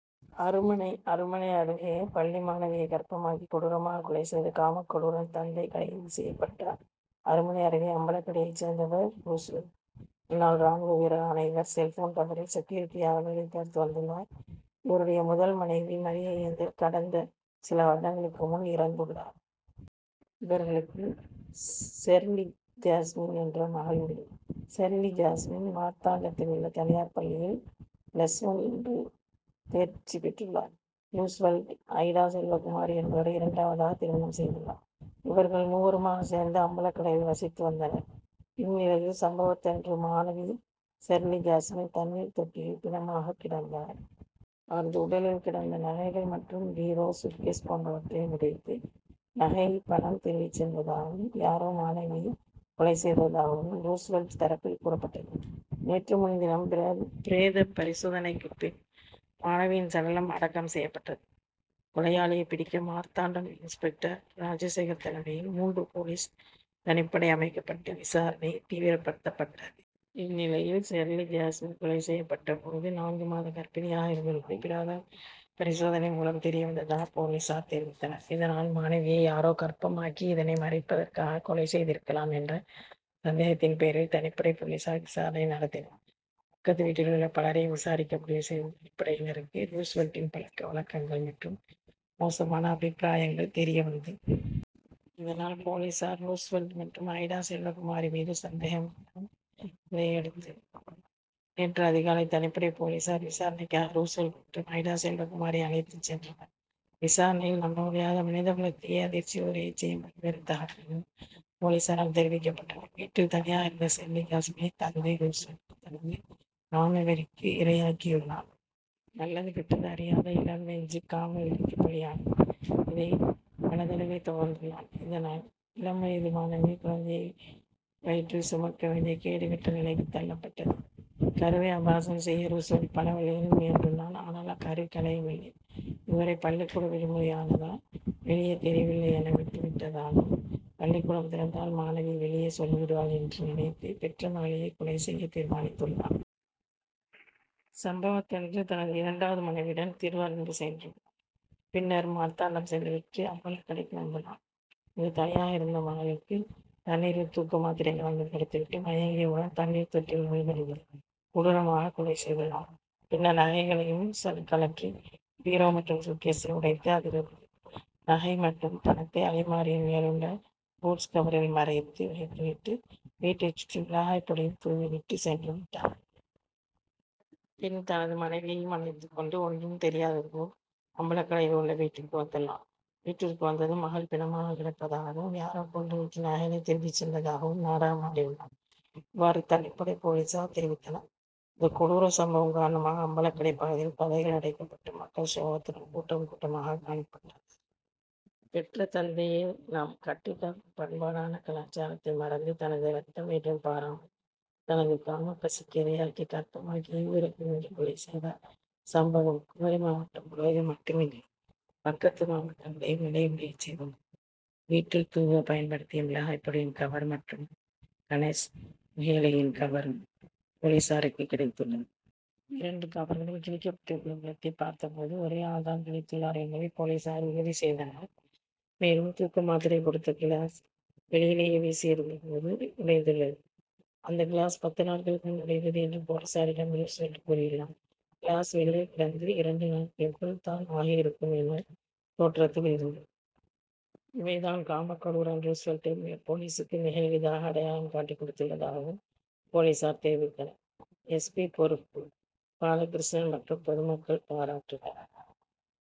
அருமனை அருமனை அருகே பள்ளி மாணவியை கர்ப்பமாக்கி கொடூரமாக கொலை செய்த காமக்கொடூரன் தந்தை கைது செய்யப்பட்டார். அருமனை அருகே அம்பலக்கடையை சேர்ந்தவர் றூஸ்வெல்ட். முன்னாள் ராணுவ வீரரான இவர் செல்போன் டவரில் செக்யூரிட்டியாக வேலைபார்த்து வந்துள்ளார். இவருடைய முதல் மனைவி மரியஏஞ்சல் கடந்த சில வருடங்களுக்கு முன் இறந்துள்ளார். இவர்களுக்கு ஷெர்லிஜாஸ்மின் என்ற மகள் உண்டு. ஷெர்லிஜாஸ்மின் மார்த்தாண்டத்தில் உள்ள தனியார் பள்ளியில் பிளஸ் ஒன்று தேர்ச்சி பெற்றுள்ளார். றூஸ்வெல்ட், ஐடாசெல்வகுமாரி என்பவரை இரண்டாவதாக திருமணம் செய்துள்ளார். இவர்கள் மூவருமாக சேர்ந்து அம்பலக்கடையில் வசித்து வந்தனர். இந்நிலையில் சம்பவத்தன்று மாணவி ஷெர்லிஜாஸ்மின் தண்ணீர் தொட்டியில் பிணமாக கிடந்தார். அவரது உடலில் கிடந்த நகைகள் மற்றும் பீரோ, சூட்கேஸ் போன்றவற்றையும் உடைத்து நகை, பணம் திருடி சென்றதாகவும் யாரோ மாணவியை கொலை செய்ததாகவும் றூஸ்வெல்ட் தரப்பில் கூறப்பட்டது. நேற்று முன்தினம் பிரேத பரிசோதனைக்கு பின் மாணவியின் சடலம் அடக்கம் செய்யப்பட்டது. கொலையாளியை பிடிக்க மார்த்தாண்டம் இன்ஸ்பெக்டர் ராஜசேகர் தலைமையில் மூன்று போலீஸ் தனிப்படை அமைக்கப்பட்டு விசாரணை தீவிரப்படுத்தப்பட்டது. இந்நிலையில் ஷெர்லிஜாஸ்மின் கொலை செய்யப்பட்ட போது நான்கு மாத கர்ப்பிணியாக இருந்துள்ளது பிரேத பரிசோதனை மூலம் தெரியவந்ததாக போலீசார் தெரிவித்தனர். இதனால் மாணவியை யாரோ கர்ப்பமாக்கி, இதனை மறைப்பதற்காக கொலை செய்திருக்கலாம் என்ற சந்தேகத்தின் பெயரில் தனிப்படை போலீசார் விசாரணை நடத்தினர். பக்கத்து வீட்டிலுள்ள பலரையும் விசாரிக்க முடிவு செய்த தனிப்படையினருக்கு றூஸ்வெல்ட்டின் பழக்கவழக்கங்கள் மற்றும் மோசமான அபிப்பிராயங்கள் தெரியவந்தது. இதனால் போலீசார் றூஸ்வெல்ட் மற்றும் ஐடா செல்வகுமாரி மீது சந்தேகம். இதனையடுத்து நேற்று அதிகாலை தனிப்படை போலீசார் விசாரணைக்காக றூஸ்வெல்ட் மற்றும் ஐடா செல்வகுமாரியை அழைத்து சென்றனர். விசாரணையில் நம்பமுடியாத மனித குலத்தையே அதிர்ச்சியில் உறைய செய்யும் பல்வேறு தகவல்கள் போலீசாரால் தெரிவிக்கப்பட்டன. வீட்டில் தனியாக இருந்த ஷெர்லிஜாஸ்மினை தந்தை றூஸ்வெல்ட் தனது காமவெறிக்கு இரையாக்கியுள்ளான். நல்லது கெட்டது அறியாத இளம்பிஞ்சு காமவெறிக்கு பலியானது. இதை பலதடவை தொடர்ந்துள்ளான். இதனால் இளம் வயது மாணவியே குழந்தையை வயிற்றில் சுமக்கவேண்டிய கேடுகெட்ட நிலைக்கு தள்ளப்பட்டது. கருவை அபார்ஷன் செய்ய றூஸ்வெல்ட் பலவழிகளில் முயன்றுள்ளான். ஆனால் கரு கலையவில்லை. இதுவரை பள்ளிக்கூட விடுமுறையானதால் வெளியே தெரியவில்லை என விட்டுவிட்டதாகவும், பள்ளிக்கூடம் திறந்தால் மாணவி வெளியே சொல்லிவிடுவாள் என நினைத்து பெற்ற மகளையே கொலை செய்ய தீர்மானித்துள்ளான். சம்பவத்தன்று தனது இரண்டாவது மனைவியுடன் திருவரம்பு சென்று பின்னர் மார்த்தாண்டம் சென்றுவிட்டு அம்பலக்கடைக்கு வந்துள்ளான். அங்கு தனியாக இருந்த மகளுக்கு தண்ணீரில் தூக்கமாத்திரை கலந்து கொடுத்துவிட்டு மயங்கியவுடன் தண்ணீர் தொட்டியில் மூழ்கடித்து கொடூரமாக கொலை செய்துள்ளான். பின்னர் நகைகளையும் கழற்றி பீரோ மற்றும் சூட்கேசை உடைத்து அதிலிருந்த நகை மற்றும் பணத்தை அலமாரியின் மேலுள்ள பூட்ஸ் கவரில் மறைத்து வைத்துவிட்டு வீட்டை சுற்றி மிளகாய் பொடியும் தூவிவிட்டு சென்றுவிட்டான். பின் தனது மனைவியையும் அழைத்துகொண்டு ஒன்றும் தெரியாதது போல் அம்பலக்கடையில் உள்ள வீட்டுக்கு வந்துள்ளான். வீட்டிற்கு வந்ததும் மகள் பிணமாக கிடப்பதாகவும், யாரோ கொன்றுவிட்டு நகைகளை திருடி சென்றதாகவும் நாடகமாடியுள்ளான். இவ்வாறு தனிப்படை போலீசார் தெரிவித்தனர். இந்த கொடூர சம்பவம் காரணமாக அம்பலக்கடை பகுதியில் கடைகள் அடைக்கப்பட்டு மக்கள் சோகத்துடன் கூட்டம் கூட்டமாக காணப்பட்டனர். பெற்ற தந்தைதையே நாம் கட்டிக் காக்கும் பண்பாடான கலாச்சாரத்தை மறந்து தனது ரத்தம் என்றும் பாராமல் தனது காமப்பசிக்கு இரையாக்கி கர்ப்பமாக்கி ஈவு இரக்கமின்றி கொலை செய்த சம்பவம் குமரி மாவட்டம் முழுவதும் மட்டுமின்றி பக்கத்து மாவட்டங்களையும் நிலைகுலைய செய்துள்ளது. வீட்டில் தூவ பயன்படுத்திய மிளகாய் பொடியின் கவர் மற்றும் கணேஷ் புகையிலையின் கவரும் போலீசாருக்கு கிடைத்துள்ளது. இரண்டு கவர்களும் கிழிக்கப்பட்டிருந்த விதத்தை பார்த்தபோது ஒரே ஆள்தான் கிழித்துள்ளார் என்பதை போலீசார் உறுதி செய்தனர். மேலும் தூக்க மாத்திரை கொடுத்த கிளாஸ் வெளியிலேயே வீசி எறிந்தபோது உடைந்துள்ளது. அந்த கிளாஸ் பத்து நாட்களுக்கு முன் உடைந்தது என்று போலீசாரிடம் றூஸ்வெல்ட் கூறியுள்ளான். கிளாஸ் வெளியில் கிடந்து இரண்டு நாட்களுக்குள் தான் ஆகியிருக்கும் என்ற தோற்றத்தில் இருந்தது. இவைதான் காமக்கொடூரன் றூஸ்வெல்ட்டை போலீசுக்கு மிக எளிதாக அடையாளம் காட்டி கொடுத்துள்ளதாகவும் போலீசார் தெரிவித்தனர். எஸ். பி., பொறுப்பு பாலகிருஷ்ணன் மற்றும் பொதுமக்கள் பாராட்டினர்.